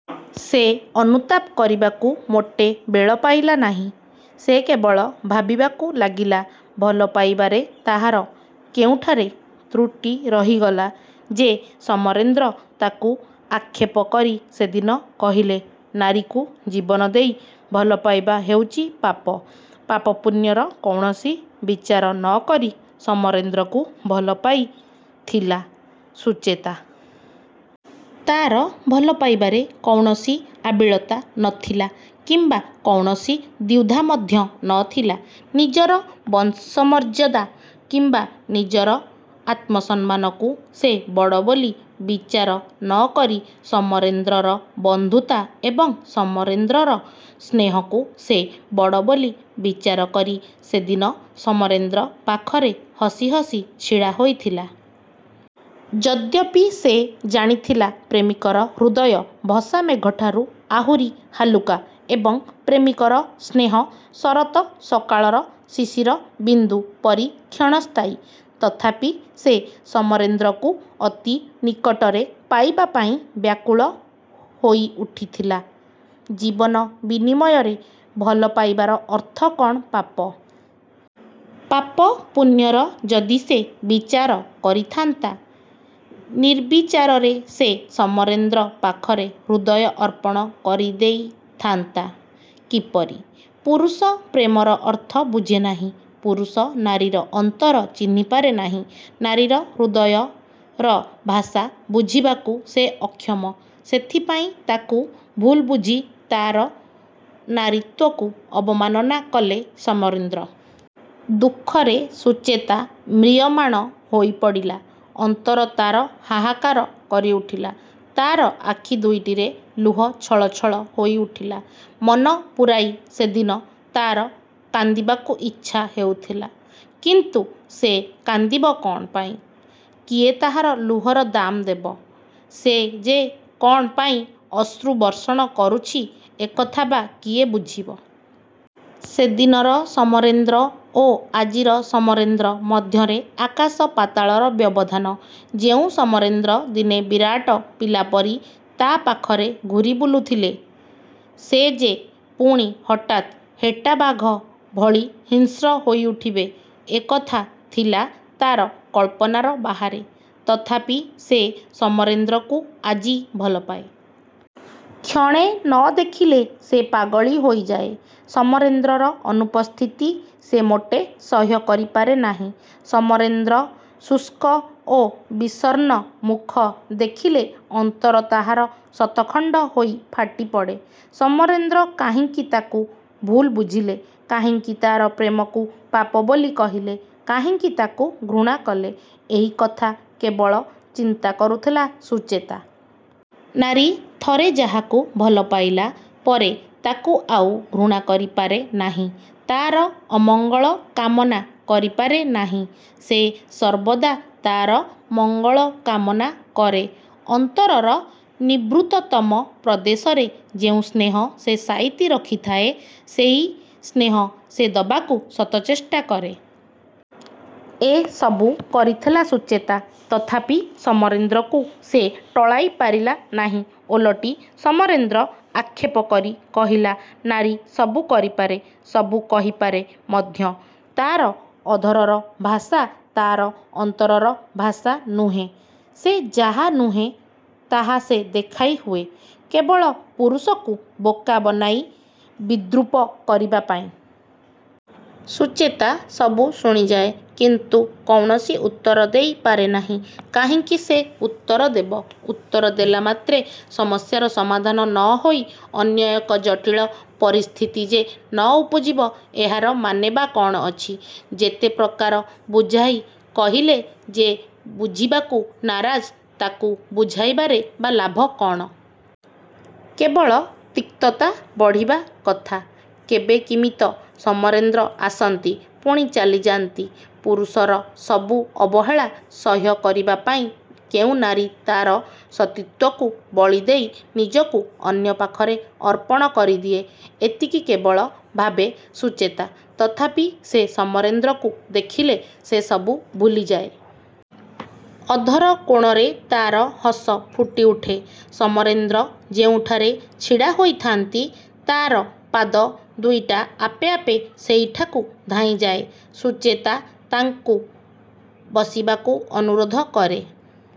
ସେ ଅନୁତାପ କରିବାକୁ ମୋଟେ ବେଳ ପାଇଲା ନାହିଁ। ସେ କେବଳ ଭାବିବାକୁ ଲାଗିଲା ଭଲ ପାଇବାରେ ତାହାର କେଉଁଠାରେ ତ୍ରୁଟି ରହିଗଲା ଯେ ସମରେନ୍ଦ୍ର ତାକୁ ଆକ୍ଷେପ କରି ସେଦିନ କହିଲେ ''ନାରୀକୁ ଜୀବନ ଦେଇ ଭଲ ପାଇବା ହେଉଛି ପାପ। '' ପାପ, ପୁଣ୍ୟର କୌଣସି ବିଚାର ନ କରି ସମରେନ୍ଦ୍ରକୁ ଭଲ ପାଇଥିଲା ସୁଚେତା। ତା'ର ଭଲ ପାଇବାରେ କୌଣସି ଆବିଳତା ନ ଥିଲା କିମ୍ୱା କୌଣସି ଦ୍ୱିଧା ମଧ୍ୟ ନ ଥିଲା। ନିଜର ବଂଶମର୍ଯ୍ୟାଦା କିମ୍ୱା ନିଜର ଆତ୍ମସମ୍ମାନକୁ ସେ ବଡ଼ ବୋଲି ବିଚାର ନ କରି ସମରେନ୍ଦ୍ରର ବନ୍ଧୁତା ଏବଂ ସମରେନ୍ଦ୍ରର ସ୍ନେହକୁ ସେ ବଡ଼ ବୋଲି ବିଚାର କରି ସେଦିନ ସମରେନ୍ଦ୍ର ପାଖରେ ହସିହସି ଛିଡ଼ା ହୋଇଥିଲା। ଯଦ୍ୟପି ସେ ଜାଣିଥିଲା ପ୍ରେମିକର ହୃଦୟ ଭସାମେଘଠାରୁ ଆହୁରି ହାଲୁକା ଏବଂ ପ୍ରେମିକର ସ୍ନେହ ଶରତ ସକାଳର ଶିଶିର ବିନ୍ଦୁ ପରି କ୍ଷଣସ୍ଥାୟୀ ତଥାପି ସେ ସମରେନ୍ଦ୍ରକୁ ଅତି ନିକଟରେ ପାଇବା ପାଇଁ ବ୍ୟାକୁଳ ହୋଇଉଠିଥିଲା। ଜୀବନ ବିନିମୟରେ ଭଲ ପାଇବାର ଅର୍ଥ କ'ଣ ପାପ? ପାପ, ପୁଣ୍ୟର ଯଦି ସେ ବିଚାର କରିଥାନ୍ତା, ନିର୍ବିଚାରରେ ସେ ସମରେନ୍ଦ୍ର ପାଖରେ ହୃଦୟ ଅର୍ପଣ କରିଦେଇଥାନ୍ତା କିପରି-? ପୁରୁଷ ପ୍ରେମର ଅର୍ଥ ବୁଝେନାହିଁ। ପୁରୁଷ ନାରୀର ଅନ୍ତର ଚିହ୍ନିପାରେ ନାହିଁ। ନାରୀର ହୃଦୟର ଭାଷା ବୁଝିବାକୁ ସେ ଅକ୍ଷମ। ସେଥିପାଇଁ ତାକୁ ଭୁଲବୁଝି ତା'ର ନାରୀତ୍ୱକୁ ଅବମାନନା କଲେ ସମରେନ୍ଦ୍ର। ଦୁଃଖରେ ସୁଚେତା ମ୍ରିୟମାଣ ହୋଇପଡ଼ିଲା। ଅନ୍ତର ତା'ର ହାହାକାର କରିଉଠିଲା। ତା'ର ଆଖି ଦୁଇଟିରେ ଲୁହ ଛଳଛଳ ହୋଇଉଠିଲା। ମନ ପୂରାଇ ସେଦିନ ତା'ର କାନ୍ଦିବାକୁ ଇଛା ହେଉଥିଲା। କିନ୍ତୁ ସେ କାନ୍ଦିବ କ'ଣ ପାଇଁ? କିଏ ତାହାର ଲୁହର ଦାମ ଦେବ? ସେ ଯେ କ'ଣ ପାଇଁ ଅଶ୍ରୁ ବର୍ଷଣ କରୁଛି ଏକଥା ବା କିଏ ବୁଝିବ? ସେଦିନର ସମରେନ୍ଦ୍ର ଓ ଆଜିର ସମରେନ୍ଦ୍ର ମଧ୍ୟରେ ଆକାଶ ପାତାଳର ବ୍ୟବଧାନ-। ଯେଉଁ ସମରେନ୍ଦ୍ର ଦିନେ ବିରାଡ଼ି ପିଲାପରି ତା' ପାଖରେ ଘୂରି ବୁଲୁଥିଲେ ସେ ଯେ ପୁଣି ହଠାତ୍ ହେଟାବାଘ ଭଳି ହିଂସ୍ର ହୋଇଉଠିବେ ଏକଥା ଥିଲା ତା'ର କଳ୍ପନାର ବାହାରେ। ତଥାପି ସେ ସମରେନ୍ଦ୍ରକୁ ଆଜି ଭଲପାଏ। କ୍ଷଣେ ନ ଦେଖିଲେ ସେ ପାଗଳୀ ହୋଇଯାଏ। ସମରେନ୍ଦ୍ରର ଅନୁପସ୍ଥିତି ସେ ମୋଟେ ସହ୍ୟ କରିପାରେ ନାହିଁ। ସମରେନ୍ଦ୍ରର ଶୁଷ୍କ ଓ ବିଷଣ୍ଣ ମୁଖ ଦେଖିଲେ ଅନ୍ତର ତାହାର ଶତଖଣ୍ଡ ହୋଇ ଫାଟି ପଡ଼େ। ସମରେନ୍ଦ୍ର କାହିଁକି ତାକୁ ଭୁଲ ବୁଝିଲେ, କାହିଁକି ତା'ର ପ୍ରେମକୁ ପାପ ବୋଲି କହିଲେ, କାହିଁକି ତାକୁ ଘୃଣା କଲେ ଏହି କଥା କେବଳ ଚିନ୍ତା କରୁଥିଲା ସୁଚେତା। ନାରୀ ଥରେ ଯାହାକୁ ଭଲ ପାଇଲା ପରେ ତାକୁ ଆଉ ଘୃଣା କରିପାରେ ନାହିଁ। ତା'ର ଅମଙ୍ଗଳ କାମନା କରିପାରେ ନାହିଁ। ସେ ସର୍ବଦା ତା'ର ମଙ୍ଗଳ କାମନା କରେ। ଅନ୍ତରର ନିଭୃତତମ ପ୍ରଦେଶରେ ଯେଉଁ ସ୍ନେହ ସେ ସାଇତି ରଖିଥାଏ, ସେହି ସ୍ନେହ ସେ ଦେବାକୁ ଶତଚେଷ୍ଟା କରେ। ଏ ସବୁ କରିଥିଲା ସୁଚେତା। ତଥାପି ସମରେନ୍ଦ୍ରକୁ ସେ ଟଳାଇ ପାରିଲା ନାହିଁ। ଓଲଟି ସମରେନ୍ଦ୍ର ଆକ୍ଷେପ କରି କହିଲେ ''ନାରୀ ସବୁ କରିପାରେ। ସବୁ କହିପାରେ ମଧ୍ୟ। ତା'ର ଅଧରର ଭାଷା ତା'ର ଅନ୍ତରର ଭାଷା ନୁହେଁ। ସେ ଯାହା ନୁହେଁ ତାହା ସେ ଦେଖାଇ ହୁଏ କେବଳ ପୁରୁଷକୁ ବୋକା ବନାଇ ବିଦ୍ରୂପ କରିବା ପାଇଁ। ସୁଚେତା ସବୁ ଶୁଣିଯାଏ କିନ୍ତୁ କୌଣସି ଉତ୍ତର ଦେଇ ପାରେନାହିଁ। କାହିଁକି ସେ ଉତ୍ତର ଦେବ? ଉତ୍ତର ଦେଲା ମାତ୍ରେ ସମସ୍ୟାର ସମାଧାନ ନ ହୋଇ ଅନ୍ୟ ଏକ ଜଟିଳ ପରିସ୍ଥିତି ଯେ ନ ଉପୁଜିବ ଏହାର ମାନେ ବା କ'ଣ ଅଛି? ଯେତେ ପ୍ରକାର ବୁଝାଇ କହିଲେ ଯେ ବୁଝିବାକୁ ନାରାଜ ତାକୁ ବୁଝାଇବାରେ ବା ଲାଭ କ'ଣ? କେବଳ। ତିକ୍ତତା ବଢ଼ିବା କଥା। କେବେ କିମିତ ସମରେନ୍ଦ୍ର ଆସନ୍ତି ପୁଣି ଚାଲିଯାଆନ୍ତି। ପୁରୁଷର ସବୁ ଅବହେଳା ସହ୍ୟ କରିବା ପାଇଁ କେଉଁ ନାରୀ ତା'ର ସତୀତ୍ୱକୁ ବଳି ଦେଇ ନିଜକୁ ଅନ୍ୟ ପାଖରେ ଅର୍ପଣ କରିଦିଏ? ଏତିକି କେବଳ ଭାବେ ସୁଚେତା। ତଥାପି ସେ ସମରେନ୍ଦ୍ରକୁ ଦେଖିଲେ ସେ ସବୁ ଭୁଲିଯାଏ। ଅଧର କୋଣରେ ତା'ର ହସ ଫୁଟିଉଠେ। ସମରେନ୍ଦ୍ର ଯେଉଁଠାରେ ଛିଡ଼ା ହୋଇଥାନ୍ତି ତା'ର ପାଦ ଦୁଇଟା ଆପେ ଆପେ ସେହିଠାକୁ ଧାଇଁଯାଏ। ସୁଚେତା ତାଙ୍କୁ ବସିବାକୁ ଅନୁରୋଧ କରେ।